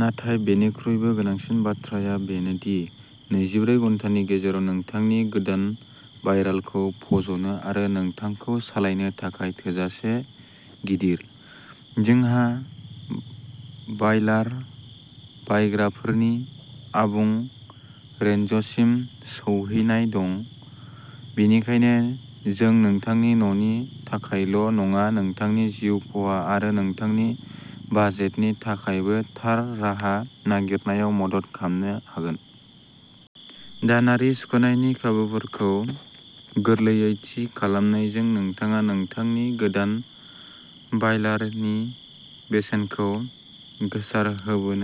नाथाय बेनिख्रुइबो गोनांसिन बाथ्राया बेनो दि नैजिब्रै घन्टानि गेजेराव नोंथांनि गोदान बायलारखौ फज'नो आरो नोंथांखौ सालायनो थाखाय थोजासे गिदिर। जोंहा बायलार बानायग्राफोरनि आबुं रेन्जसिम सौहैनाय दं, बेनिखायनो जों नोंथांनि न'नि थाखायल' नङा नोंथांनि जिउ राहा आरो नोंथांनि बाजेटनि थाखायबो थार राहा नागिरनायाव मदद खालामनो हागोन। दानारि सुख'नायनि खाबुफोरखौ गोरलैयै थि खालामनायजों नोंथाङा नोंथांनि गोदान बायलारनि बेसेनखौ गोसारहोनोबो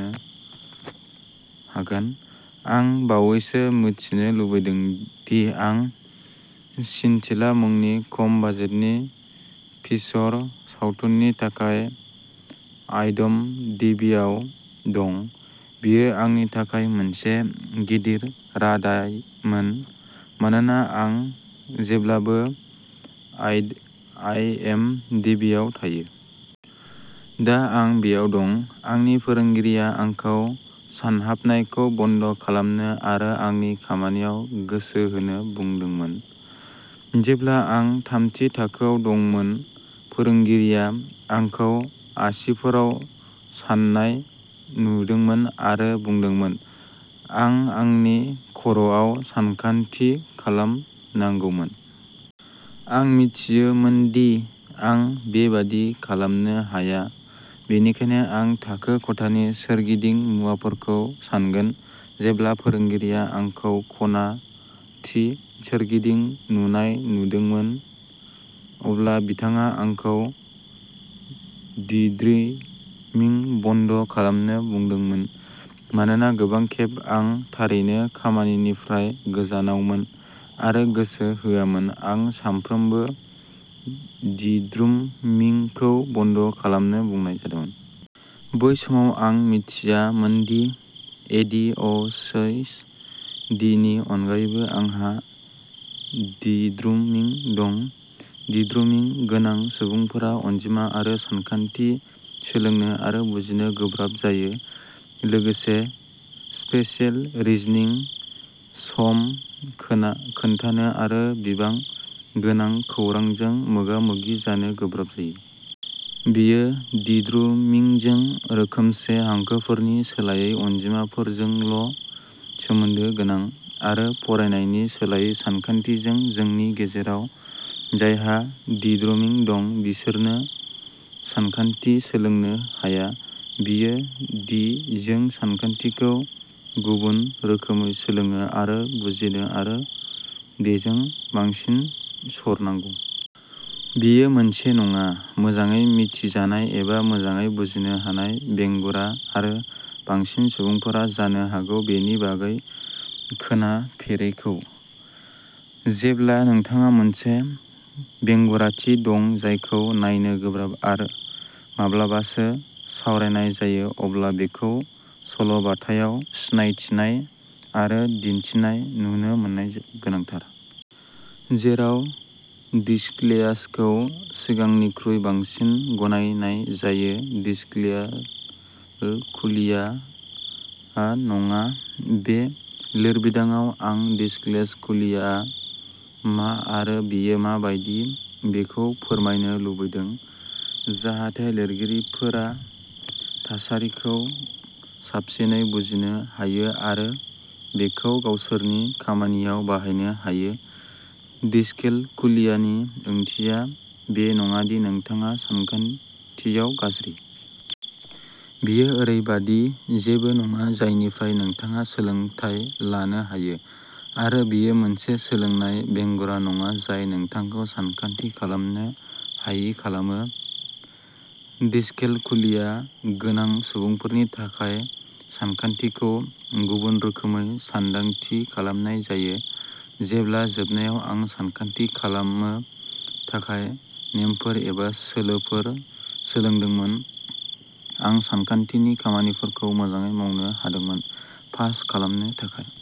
हागोन। आं बावैसो मिथिनो लुबैदों दि आं सिनटिला मुंनि खम बाजेटनि फीचर सावथुननि थाखाय आइएमडिबिआव दं। बेयो आंनि थाखाय मोनसे गिदिर रादामोन, मानोना आं जेब्लाबो आइएमडिबिआव थायो। दा आं बेयाव दं। आंनि फोरोंगिरिआ आंखौ सानहाबनायखौ बन्द' खालामनो आरो आंनि खामानियाव गोसो होनो बुंदोंमोन। जेब्ला आं थामथि थाखोआव दंमोन, फोरोंगिरिया आंखौ आसिफोराव सान्नाय नुदोंमोन आरो बुंदोंमोन। आं आंनि खर'आव सानखान्थि खालामनांगौमोन। आं मिथियोमोन दि आं बेबादि खालामनो हाया, बेनिखायनो आं थाखो खथानि सोरगिदिं मुवाफोरखौ सानगोन। जेब्ला फोरोंगिरिआ आंखौ खथानि सोरगिदिं नायनाय नुदोंमोन अब्ला बिथाङा आंखौ दिद्रिमिं बन्द' खालामनो बुंदोंमोन। मानोना गोबां खेब आं थारैनो खामानिनिफ्राय गोजानावमोन आरो गोसो होआमोन आं सानफ्रोमबो दिद्रुमिंखौ बन्द' खालामनो बुंनाय जादोंमोन। बै समाव आं मिथियामोनदि, ए डि ओइस डि नि अनगायैबो, आंहा दिद्रुमिं दं। दिद्रुमिं गोनां सुबुंफोरा अनजिमा आरो सानखान्थि सोलोंनो आरो बुजिनो गोब्राब जायो, लोगोसे स्पेसियेल रिजनिं सम खोन्थानो आरो बिबां गोनां खौरांजों मोगा-मोगि जानो गोब्राब जायो। बेयो दिद्रुमिंजों रोखोमसे, हांखोफोरनि सोलायै अनजिमाफोरजोंल' सोमोन्दो गोनां आरो फरायनायनि सोलायै सानखान्थिजों। जोंनि गेजेराव जायहा दिद्रुमिं दं बिसोरो सानखान्थि सोलोंनो हाया; बेयो दि जों सानखान्थिखौ गुबुन रोखोमै सोलोङो आरो बुजियो आरो बेजों बांसिन सर' नांगौ। बेयो मोनसे नङा। मोजाङै मिथिजानाय एबा मोजाङै बुजिनो हानाय बेंगुरा, आरो बांसिन सुबुंफोरा जानो हागौ बेनि बागै खोनाफेराखै। जेब्ला नोंथांहा मोनसे बेंगुराथि दं जायखौ नायनो गोब्राब आरो माब्लाबासो सावरायनाय जायो अब्ला बेखौ सल' बाथायाव सिनायथिनाय आरो दिन्थिनाय नुनो मोननाया गोनांथार। जेराव डिस्लेक्सियाखौ सिगांनिख्रुइ बांसिन गनायनाय जायो। डिसकेलकुलियाआ नङा। बे लिरबिदांआव आं डिसकेलकुलियाआ मा आरो बेयो मा बायदि, बेखौ फोरमायनो लुबैदों, जाहाथे लिरगिरिफोरा थासारिखौ साबसिनै बुजिनो हायो आरो बेखौ गावसोरनि खामानियाव बाहायनो हायो। डिसकेलकुलियानि ओंथिया बे नङा दि नोंथाङा सानखान्थियाव गाज्रि। बेयो ओरैबायदि जेबो नङा जायनिफ्राय नोंथाङा सोलोंथाय लानो हायो। आरो बेयो मोनसे सोलोंनाय बेंगुरा नङा जाय नोंथांखौ सानखान्थि खालामनो हायि खालामो। डिसकेलकुलिया गोनां सुबुंफोरनि थाखाय, सानखान्थिखौ गुबुन रोखोमै सानदांथि खालामनाय जायो। जेब्ला, जोबनायाव आं सानखान्थि खालामनो थाखाय नेमफोर एबा सोलोफोर सोलोंदोंमोन आं सानखान्थिनि खामानिफोरखौ मोजाङै मावनो हादोंमोन। पास खालामनो थाखाय।